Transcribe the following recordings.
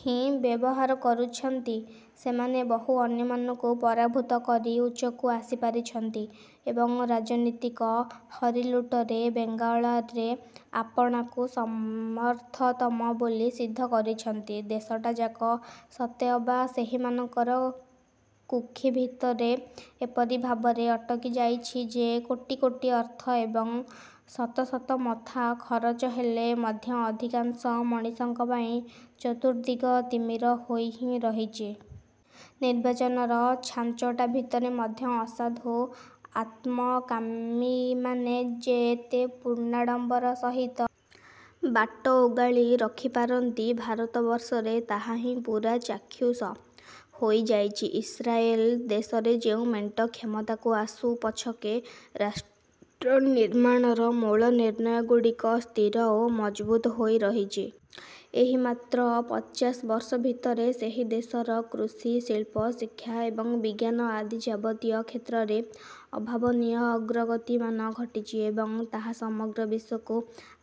ହିଁ ବ୍ୟବହାର କରିଛନ୍ତି, ସେମାନେ ବହୁ ଅନ୍ୟମାନଙ୍କୁ ପରାଭୂତ କରି ଉଚ୍ଚକୁ ଆସିପାରିଛନ୍ତି, ଏବଂ ରାଜନୀତିକ ହରିଲୁଟର ବେଙ୍ଗଳାରେ ଆପଣାକୁ ସମର୍ଥତମ ବୋଲି ସିଦ୍ଧ କରିଛନ୍ତି। ଦେଶଟାଯାକ ସତେଅବା ସେହିମାନଙ୍କର କୁକ୍ଷି ଭିତରେ ଏପରି ଭାବରେ ଅଟକି ଯାଇଛି ଯେ, କୋଟି କୋଟି ଅର୍ଥ ଏବଂ ଶତ ଶତ ମଥା ଖରଚ ହେଲେ ମଧ୍ୟ ଅଧିକାଂଶ ମଣିଷଙ୍କ ପାଇଁ ଚତୁର୍ଦ୍ଦିଗ ତିମିର ହୋଇ ହିଁ ରହିଛି। ନିର୍ବାଚନର ଛାଞ୍ଚଟା ଭିତରେ ମଧ୍ୟ ଅସାଧୁ ଆତ୍ମକାମୀମାନେ ଯେ ଏତେ ପୂର୍ଣ୍ଣାଡ଼ମ୍ବର ସହିତ ବାଟ ଓଗାଳି ରଖିପାରନ୍ତି, ଭାରତବର୍ଷରେ ତାହା ହିଁ ପୂରା ଚାକ୍ଷୁଷ ହୋଇଯାଇଛି। ଇସ୍ରାଏଲ ଦେଶରେ ଯେଉଁ ମେଣ୍ଟ କ୍ଷମତାକୁ ଆସୁ ପଛକେ, ରାଷ୍ଟ୍ରନିର୍ମାଣର ମୂଳ ନିର୍ଣ୍ଣୟଗୁଡ଼ିକ ସ୍ଥିର ଓ ମଜବୁତ ହୋଇ ରହିଛି। ଏହି ମାତ୍ର ପଚାଶ ବର୍ଷ ଭିତରେ ସେହି ଦେଶର କୃଷି, ଶିଳ୍ପ, ଶିକ୍ଷା ଏବଂ ବିଜ୍ଞାନ ଆଦି ଯାବତୀୟ କ୍ଷେତ୍ରରେ ଅଭାବନୀୟ ଅଗ୍ରଗତିମାନ ଘଟିଛି ଏବଂ ତାହା ସମଗ୍ର ବିଶ୍ୱକୁ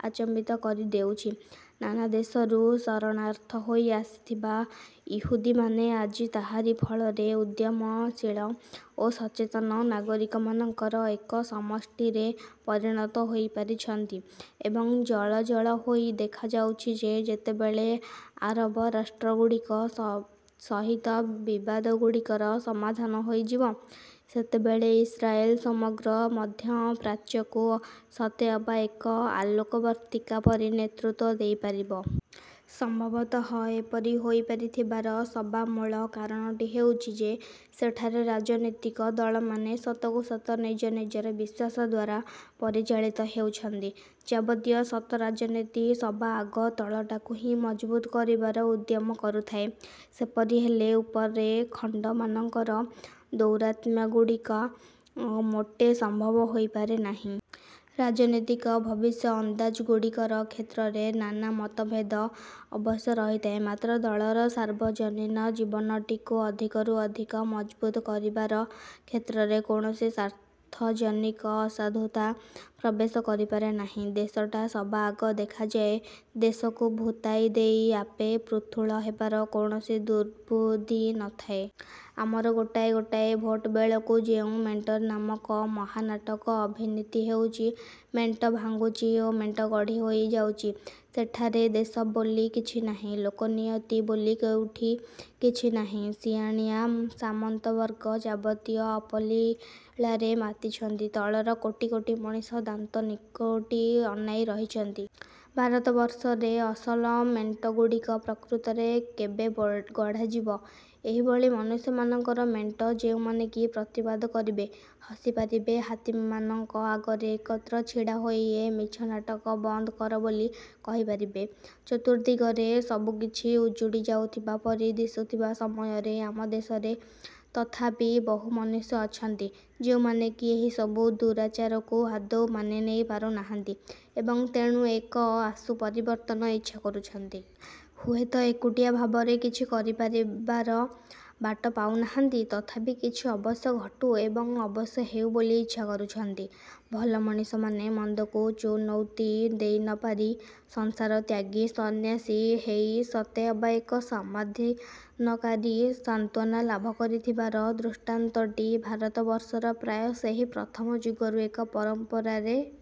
ଆଚମ୍ବିତ କରିଦେଉଛି। ନାନା ଦେଶରୁ ଶରଣାର୍ଥୀ ହୋଇ ଆସିଥିବା ଇହୁଦୀମାନେ ଆଜି ତାହାରି ଫଳରେ ଉଦ୍ୟମଶୀଳ ଓ ସଚେତନ ନାଗରିକମାନଙ୍କର ଏକ ସମଷ୍ଟିରେ ପରିଣତ ହୋଇପାରିଛନ୍ତି ଏବଂ ଜଳ ଜଳ ହୋଇ ଦେଖାଯାଉଛି ଯେ, ଯେତେବେଳେ ଆରବ ରାଷ୍ଟ୍ରଗୁଡ଼ିକ ସହିତ ବିବାଦଗୁଡ଼ିକର ସମାଧାନ ହୋଇଯିବ, ସେତେବେଳେ ଇସ୍ରାଏଲ ସମଗ୍ର ମଧ୍ୟପ୍ରାଚ୍ୟକୁ ସତେଅବା ଏକ ଆଲୋକବର୍ତ୍ତିକା ପରି ନେତୃତ୍ୱ ଦେଇପାରିବ। ସମ୍ଭବତଃ ଏପରି ହୋଇପାରିଥିବାର ସବାମୂଳ କାରଣଟି ହେଉଛି ଯେ, ସେଠାରେ ରାଜନୀତିକ ଦଳମାନେ ସତକୁ ସତ ନିଜ ନିଜର ବିଶ୍ୱାସ ଦ୍ଵାରା ପରିଚାଳିତ ହେଉଛନ୍ତି। ଯାବତୀୟ ସତ ରାଜନୀତି ସବାଆଗ ତଳଟାକୁ ହିଁ ମଜବୁତ କରିବାର ଉଦ୍ୟମ କରୁଥାଏ। ସେପରି ହେଲେ ଉପରେ ଖଣ୍ଡମାନଙ୍କର ଦୌରାତ୍ମ୍ୟଗୁଡ଼ାକ ମୋଟେ ସମ୍ଭବ ହୋଇପାରେ ନାହିଁ। ରାଜନୀତିକ ଭବିଷ୍ୟଅନ୍ଦାଜ ଗୁଡ଼ିକର କ୍ଷେତ୍ରରେ ନାନା ମତଭେଦ ଅବଶ୍ୟ ରହିଥାଏ, ମାତ୍ର ଦଳର ସାର୍ବଜନୀନ ଜୀବନଟିକୁ ଅଧିକରୁ ଅଧିକ ମଜବୁତ କରିବାର କ୍ଷେତ୍ରରେ କୌଣସି ସ୍ଵାର୍ଥଜନିତ ଅସାଧୁତା ପ୍ରବେଶ କରିପାରେ ନାହିଁ। ଦେଶଟା ସବାଆଗ ଦେଖାଯାଏ,- ଦେଶକୁ ଭୂତାଇ ଦେଇ ଆପେ ପୃଥୁଳ ହେବାର କୌଣସି ଦୁର୍ବୁଦ୍ଧି ନଥାଏ। ଆମର ଗୋଟାଏ ଗୋଟାଏ ଭୋଟ ବେଳକୁ ଯେଉଁ ମେଣ୍ଟ ନାମକ ମହାନାଟକ ଅଭିନୀତ ହେଉଛି, ମେଣ୍ଟ ଭାଙ୍ଗୁଛି ଓ ମେଣ୍ଟ ଗଢ଼ିହୋଇ ଯାଉଛି, ସେଠାରେ ଦେଶ ବୋଲି କିଛି ନାହିଁ, ଲୋକନିୟତି ବୋଲି କୋଉଠି କିଛି ନାହିଁ! ସିଆଣିଆ ସାମନ୍ତବର୍ଗ ଯାବତୀୟ ଅପଲୀଳାରେ ମାତିଛନ୍ତି,- ତଳର କୋଟି କୋଟି ମଣିଷ ଦାନ୍ତ ନିକୁଟି ଅନାଇ ରହିଛନ୍ତି। ଭାରତବର୍ଷରେ ଅସଲ ମେଣ୍ଟଗୁଡ଼ିକ ପ୍ରକୃତରେ କେବେ ଗଢ଼ାଯିବ? ଏହିଭଳି ମନୁଷ୍ୟମାନଙ୍କର ମେଣ୍ଟ, ଯେଉଁମାନେ କି ପ୍ରତିବାଦ କରିବେ, ହସି ପାରିବେ, ହାତୀମାନଙ୍କ ଆଗରେ ଏକତ୍ର ଛିଡ଼ାହୋଇ ଏ ମିଛ ନାଟକ ବନ୍ଦ କର ବୋଲି କହିପାରିବେ। ଚତୁର୍ଦ୍ଦିଗରେ ସବୁ କିଛି ଉଜୁଡ଼ି ଯାଉଥିବା ପରି ଦିଶୁଥିବା ସମୟରେ ଆମ ଦେଶରେ ତଥାପି ବହୁ ମନୁଷ୍ୟ ଅଛନ୍ତି, ଯେଉଁମାନେ କି ଏହିସବୁ ଦୁରାଚାରକୁ ଆଦୌ ମାନିନେଇ ପାରୁନାହାନ୍ତି ଏବଂ ତେଣୁ ଏକ ଆଶୁ ପରିବର୍ତ୍ତନ ଇଚ୍ଛା କରୁଛନ୍ତି। ହୁଏତ ଏକୁଟିଆ ଭାବରେ କିଛି କରିପାରିବାର ବାଟ ପାଉନାହାନ୍ତି। ତଥାପି କିଛି ଅବଶ୍ୟ ଘଟୁ ଏବଂ ଅବଶ୍ୟ ହେଉ ବୋଲି ଇଚ୍ଛା କରୁଛନ୍ତି। ଭଲ ମଣିଷମାନେ ମନ୍ଦକୁ ଚୁନୌତି ଦେଇନପାରି ସଂସାରତ୍ୟାଗୀ ସନ୍ନ୍ୟାସୀ ହେଇ ସତେଅବା ଏକ ସମାଧାନକାରୀ ସାନ୍ତ୍ୱନା ଲାଭ କରିଥିବାର ଦୃଷ୍ଟାନ୍ତଟି ଭାରତବର୍ଷର ପ୍ରାୟ ସେହି ପ୍ରଥମ ଯୁଗରୁ ଏକ ପରମ୍ପରାରେ